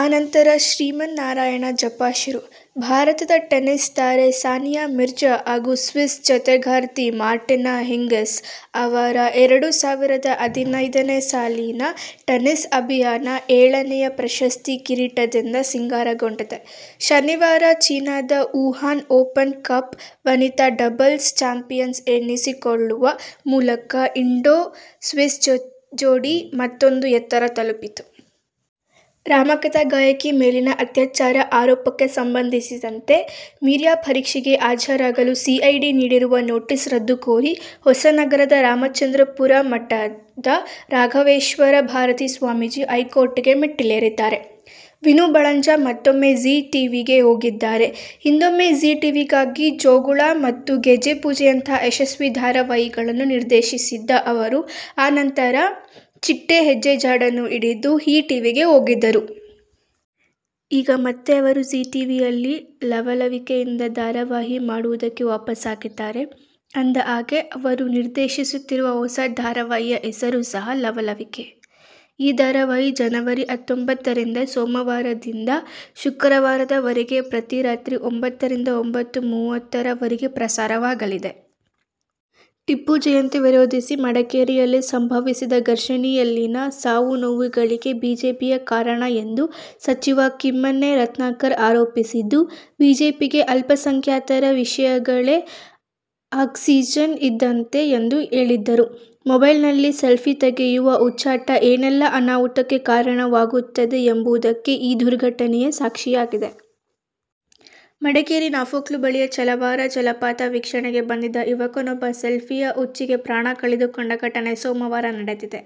ಆ ನಂತರ ಶ್ರೀಮನ್ನಾರಾಯಣ ಜಪ ಶುರು. ಭಾರತದ ಟೆನಿಸ್ ತಾರೆ ಸಾನಿಯಾ ಮಿರ್ಜಾ ಹಾಗೂ ಸ್ವಿಸ್ ಜತೆಗಾರ್ತಿ ಮಾರ್ಟಿನಾ ಹಿಂಗಿಸ್ ಅವರ ಎರಡು ಸಾವಿರದ ಹದಿನೈದು ನೇ ಸಾಲಿನ ಟೆನಿಸ್ ಅಭಿಯಾನ ಏಳು ನೇ ಪ್ರಶಸ್ತಿ ಕಿರೀಟದಿಂದ ಸಿಂಗಾರಗೊಂಡಿದೆ. ಶನಿವಾರ ಚೀನದ ವುಹಾನ್ ಓಪನ್ ಕಪ್ ವನಿತಾ ಡಬಲ್ಸ್ ಚಾಂಪಿಯನ್ಸ್ ಎನಿಸಿಕೊಳ್ಳುವ ಮೂಲಕ ಇಂಡೋ-ಸ್ವಿಸ್ ಜೋಡಿ ಮತ್ತೂಂದು ಎತ್ತರ ತಲುಪಿತು. ರಾಮಕಥಾ ಗಾಯಕಿ ಮೇಲಿನ ಅತ್ಯಾಚಾರ ಆರೋಪಕ್ಕೆ ಸಂಬಂಧಿಸಿದಂತೆ ವೀರ್ಯ ಪರೀಕ್ಷೆಗೆ ಹಾಜರಾಗಲು ಸಿಐಡಿ ನೀಡಿರುವ ನೋಟಿಸ್ ರದ್ದು ಕೋರಿ ಹೊಸನಗರದ ರಾಮಚಂದ್ರಾಪುರ ಮಠದ ರಾಘವೇಶ್ವರ ಭಾರತೀ ಸ್ವಾಮೀಜಿ ಹೈಕೋರ್ಟ್ಗೆ ಮೆಟ್ಟಿಲೇರಿದ್ದಾರೆ. ವಿನು ಬಳಂಜ ಮತ್ತೂಮ್ಮೆ ಜೀ ಟಿವಿಗೆ ಹೋಗಿದ್ದಾರೆ. ಹಿಂದೊಮ್ಮೆ ಜೀ ಟಿವಿಗಾಗಿ ಜೋಗುಳ ಮತ್ತು ಗೆಜ್ಜೆಪೂಜೆಯಂತಹ ಯಶಸ್ವಿ ಧಾರಾವಾಹಿಗಳನ್ನು ನಿರ್ದೇಶಿಸಿದ್ದ ಅವರು, ಆ ನಂತರ ಚಿಟ್ಟೆ ಹೆಜ್ಜೆ ಜಾಡನ್ನು ಹಿಡಿದು ಈಟಿವಿಗೆ ಹೋಗಿದ್ದರು. ಈಗ ಮತ್ತೆ ಅವರು ಜೀ ಟಿವಿಯಲ್ಲಿ ಲವ್ ಲವಿಕೆಯಿಂದ ಧಾರಾವಾಹಿ ಮಾಡುವುದಕ್ಕೆ ವಾಪಸ್ಸಾಗಿದ್ದಾರೆ. ಅಂದ ಹಾಗೆ, ಅವರು ನಿರ್ದೇಶಿಸುತ್ತಿರುವ ಹೊಸ ಧಾರಾವಾಹಿಯ ಹೆಸರು ಸಹ ಲವ್ ಲವಿಕೆ. ಈ ಧಾರಾವಾಹಿ ಜನವರಿ ಹತ್ತೊಂಬತ್ತು ರಿಂದ ಸೋಮವಾರದಿಂದ ಶುಕ್ರವಾರದವರೆಗೆ ಪ್ರತಿ ರಾತ್ರಿ ಒಂಬತ್ತು ರಿಂದ ಒಂಬತ್ತು: ಮೂವತ್ತು ರವರೆಗೆ ಪ್ರಸಾರವಾಗಲಿದೆ. ಟಿಪ್ಪು ಜಯಂತಿ ವಿರೋಧಿಸಿ ಮಡಿಕೇರಿಯಲ್ಲಿ ಸಂಭವಿಸಿದ ಘರ್ಷಣೆಯಲ್ಲಿನ ಸಾವು ನೋವುಗಳಿಗೆ ಬಿಜೆಪಿಯೇ ಕಾರಣ ಎಂದು ಸಚಿವ ಕಿಮ್ಮನೆ ರತ್ನಾಕರ್ ಆರೋಪಿಸಿದ್ದು, ಬಿಜೆಪಿಗೆ ಅಲ್ಪಸಂಖ್ಯಾತರ ವಿಷಯಗಳೇ ಆಕ್ಸಿಜನ್ ಇದ್ದಂತೆ ಎಂದು ಹೇಳಿದರು. ಮೊಬೈಲ್ ನಲ್ಲಿ ಸೆಲ್ಫಿ ತೆಗೆಯುವ ಹುಚ್ಚಾಟ ಏನೇಲ್ಲಾ ಅನಾಹುತಕ್ಕೆ ಕಾರಣವಾಗುತ್ತದೆ ಎಂಬುದಕ್ಕೆ ಈ ದುರ್ಘಟನೆಯೇ ಸಾಕ್ಷಿಯಾಗಿದೆ. ಮಡಿಕೇರಿ ನಾಫೋಕ್ಲು ಬಳಿಯ ಚೇಲಾವರ ಜಲಪಾತ ವೀಕ್ಷಣೆಗೆ ಬಂದಿದ್ದ ಯುವಕನೊಬ್ಬ ಸೆಲ್ಫಿಯ ಹುಚ್ಚಿಗೆ ಪ್ರಾಣ ಕಳೆದುಕೊಂಡ ಘಟನೆ ಸೋಮವಾರ ನಡೆದಿದೆ.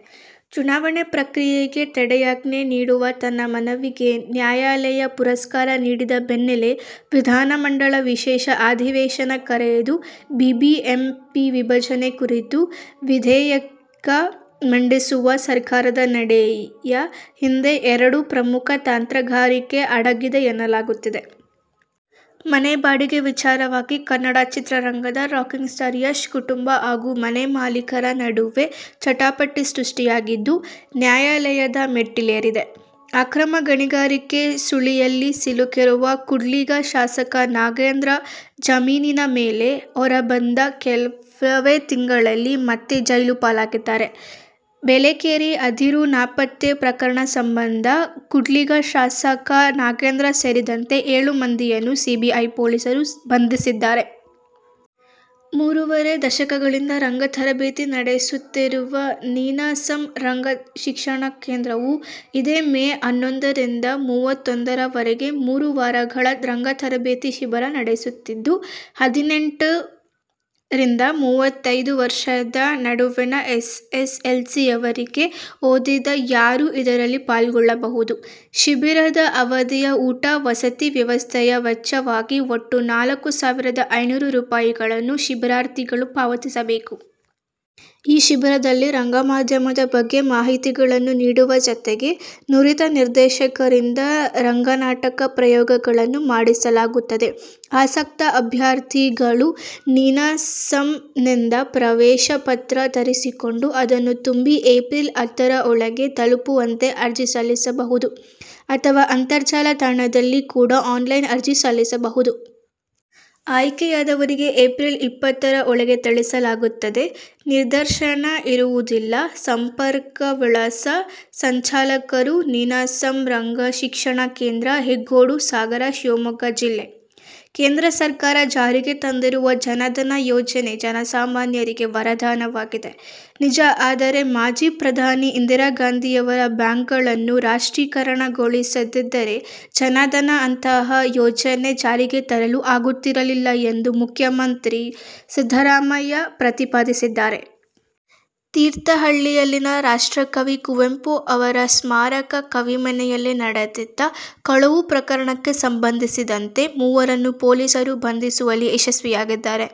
ಚುನಾವಣೆ ಪ್ರಕ್ರಿಯೆಗೆ ತಡೆಯಾಜ್ಞೆ ನೀಡುವ ತನ್ನ ಮನವಿಗೆ ನ್ಯಾಯಾಲಯ ಪುರಸ್ಕಾರ ನೀಡದ ಬೆನ್ನಲ್ಲೇ ವಿಧಾನಮಂಡಲ ವಿಶೇಷ ಅಧಿವೇಶನ ಕರೆದು ಬಿಬಿಎಂಪಿ ವಿಭಜನೆ ಕುರಿತ ವಿಧೇಯಕ ಮಂಡಿಸುವ ಸರ್ಕಾರದ ನಡೆಯ ಹಿಂದೆ ಎರಡು ಪ್ರಮುಖ ತಂತ್ರಗಾರಿಕೆ ಅಡಗಿದೆ ಎನ್ನಲಾಗುತ್ತಿದೆ. ಮನೆ ಬಾಡಿಗೆ ವಿಚಾರವಾಗಿ ಕನ್ನಡ ಚಿತ್ರರಂಗದ ರಾಕಿಂಗ್ ಸ್ಟಾರ್ ಯಶ್ ಕುಟುಂಬ ಹಾಗೂ ಮನೆ ಮಾಲೀಕರ ನಡುವೆ ಜಟಾಪಟಿ ಸೃಷ್ಟಿಯಾಗಿದ್ದು, ನ್ಯಾಯಾಲಯದ ಮೆಟ್ಟಿಲೇರಿದೆ. ಅಕ್ರಮ ಗಣಿಗಾರಿಕೆ ಸುಳಿಯಲ್ಲಿ ಸಿಲುಕಿರುವ ಕೂಡ್ಲಿಗಿ ಶಾಸಕ ನಾಗೇಂದ್ರ ಜಾಮೀನಿನ ಮೇಲೆ ಹೊರಬಂದ ಕೆಲವೇ ತಿಂಗಳಲ್ಲಿ ಮತ್ತೆ ಜೈಲು ಪಾಲಾಗಿದ್ದಾರೆ. ಬೇಲೆಕೇರಿ ಅದಿರು ನಾಪತ್ತೆ ಪ್ರಕರಣ ಸಂಬಂಧ ಕೂಡ್ಲಿಗಿ ಶಾಸಕ ನಾಗೇಂದ್ರ ಸೇರಿದಂತೆ ಏಳು ಮಂದಿಯನ್ನು ಸಿಬಿಐ ಪೊಲೀಸರು ಬಂಧಿಸಿದ್ದಾರೆ. ಮೂರೂವರೆ ದಶಕಗಳಿಂದ ರಂಗ ತರಬೇತಿ ನಡೆಸುತ್ತಿರುವ ನೀನಾಸಮ್ ರಂಗ ಶಿಕ್ಷಣ ಕೇಂದ್ರವು ಇದೇ ಮೇ ಹನ್ನೊಂದು ರಿಂದ ಮೂವತ್ತೊಂದು ರವರೆಗೆ ಮೂರು ವಾರಗಳ ರಂಗತರಬೇತಿ ಶಿಬಿರ ನಡೆಸುತ್ತಿದ್ದು, ಹದಿನೆಂಟು ರಿಂದ ಮೂವತೈದು ವರ್ಷದ ನಡುವಿನ ಎಸ್ಎಸ್ಎಲ್ಸಿವರೆಗೆ ಓದಿದ ಯಾರೂ ಇದರಲ್ಲಿ ಪಾಲ್ಗೊಳ್ಳಬಹುದು. ಶಿಬಿರದ ಅವಧಿಯ ಊಟ-ವಸತಿ ವ್ಯವಸ್ಥೆಯ ವೆಚ್ಚವಾಗಿ ಒಟ್ಟು ನಾಲ್ಕು ಸಾವಿರದ ಐನ್ನೂರು ರೂಪಾಯಿಗಳನ್ನು ಶಿಬಿರಾರ್ಥಿಗಳು ಪಾವತಿಸಬೇಕು. ಈ ಶಿಬಿರದಲ್ಲಿ ರಂಗಮಾಧ್ಯಮದ ಬಗ್ಗೆ ಮಾಹಿತಿಗಳನ್ನು ನೀಡುವ ಜತೆಗೆ ನುರಿತ ನಿರ್ದೇಶಕರಿಂದ ರಂಗನಾಟಕ ಪ್ರಯೋಗಗಳನ್ನೂ ಮಾಡಿಸಲಾಗುತ್ತದೆ. ಆಸಕ್ತ ಅಭ್ಯರ್ಥಿಗಳು ನೀನಾಸಮ್ನಿಂದ ಪ್ರವೇಶ ಪತ್ರ ತರಿಸಿಕೊಂಡು ಅದನ್ನು ತುಂಬಿ ಎಪ್ರಿಲ್ ಹತ್ತು ರೊಳಗೆ ತಲುಪುವಂತೆ ಅರ್ಜಿ ಸಲ್ಲಿಸಬಹುದು. ಅಥವಾ ಅಂತರ್ಜಾಲ ತಾಣ ದಲ್ಲಿ ಕೂಡ ಆನ್ಲೈನ್ ಅರ್ಜಿ ಸಲ್ಲಿಸಬಹುದು. ಆಯ್ಕೆಯಾದವರಿಗೆ ಎಪ್ರಿಲ್ ಇಪ್ಪತ್ತು ರೊಳಗೆ ತಿಳಿಸಲಾಗುತ್ತದೆ. ಸಂದರ್ಶನ ಇರುವುದಿಲ್ಲ. ಸಂಪರ್ಕ ವಿಳಾಸ: ಸಂಚಾಲಕರು, ನೀನಾಸಮ್ ರಂಗಶಿಕ್ಷಣ ಕೇಂದ್ರ, ಹೆಗ್ಗೋಡು, ಸಾಗರ, ಶಿವಮೊಗ್ಗ ಜಿಲ್ಲೆ. ಕೇಂದ್ರ ಸರ್ಕಾರ ಜಾರಿಗೆ ತಂದಿರುವ ಜನಧನ ಯೋಜನೆ ಜನಸಾಮಾನ್ಯರಿಗೆ ವರದಾನವಾಗಿದೆ, ನಿಜ. ಆದರೆ, ಮಾಜಿ ಪ್ರಧಾನಿ ಇಂದಿರಾ ಗಾಂಧಿಯವರು ಬ್ಯಾಂಕ್ಗಳನ್ನು ರಾಷ್ಟ್ರೀಕರಣಗೊಳಿಸದಿದ್ದರೆ ಜನಧನದಂತಹ ಯೋಜನೆ ಜಾರಿಗೆ ತರಲು ಆಗುತ್ತಿರಲಿಲ್ಲ ಎಂದು ಮುಖ್ಯಮಂತ್ರಿ ಸಿದ್ದರಾಮಯ್ಯ ಪ್ರತಿಪಾದಿಸಿದ್ದಾರೆ. ತೀರ್ಥಹಳ್ಳಿಯಲ್ಲಿನ ರಾಷ್ಟ್ರಕವಿ ಕುವೆಂಪು ಅವರ ಸ್ಮಾರಕ ಕವಿಮನೆಯಲ್ಲಿ ನಡೆದಿದ್ದ ಕಳವು ಪ್ರಕರಣಕ್ಕೆ ಸಂಬಂಧಿಸಿದಂತೆ ಮೂವರನ್ನು ಪೊಲೀಸರು ಬಂಧಿಸುವಲ್ಲಿ ಯಶಸ್ವಿಯಾಗಿದ್ದಾರೆ.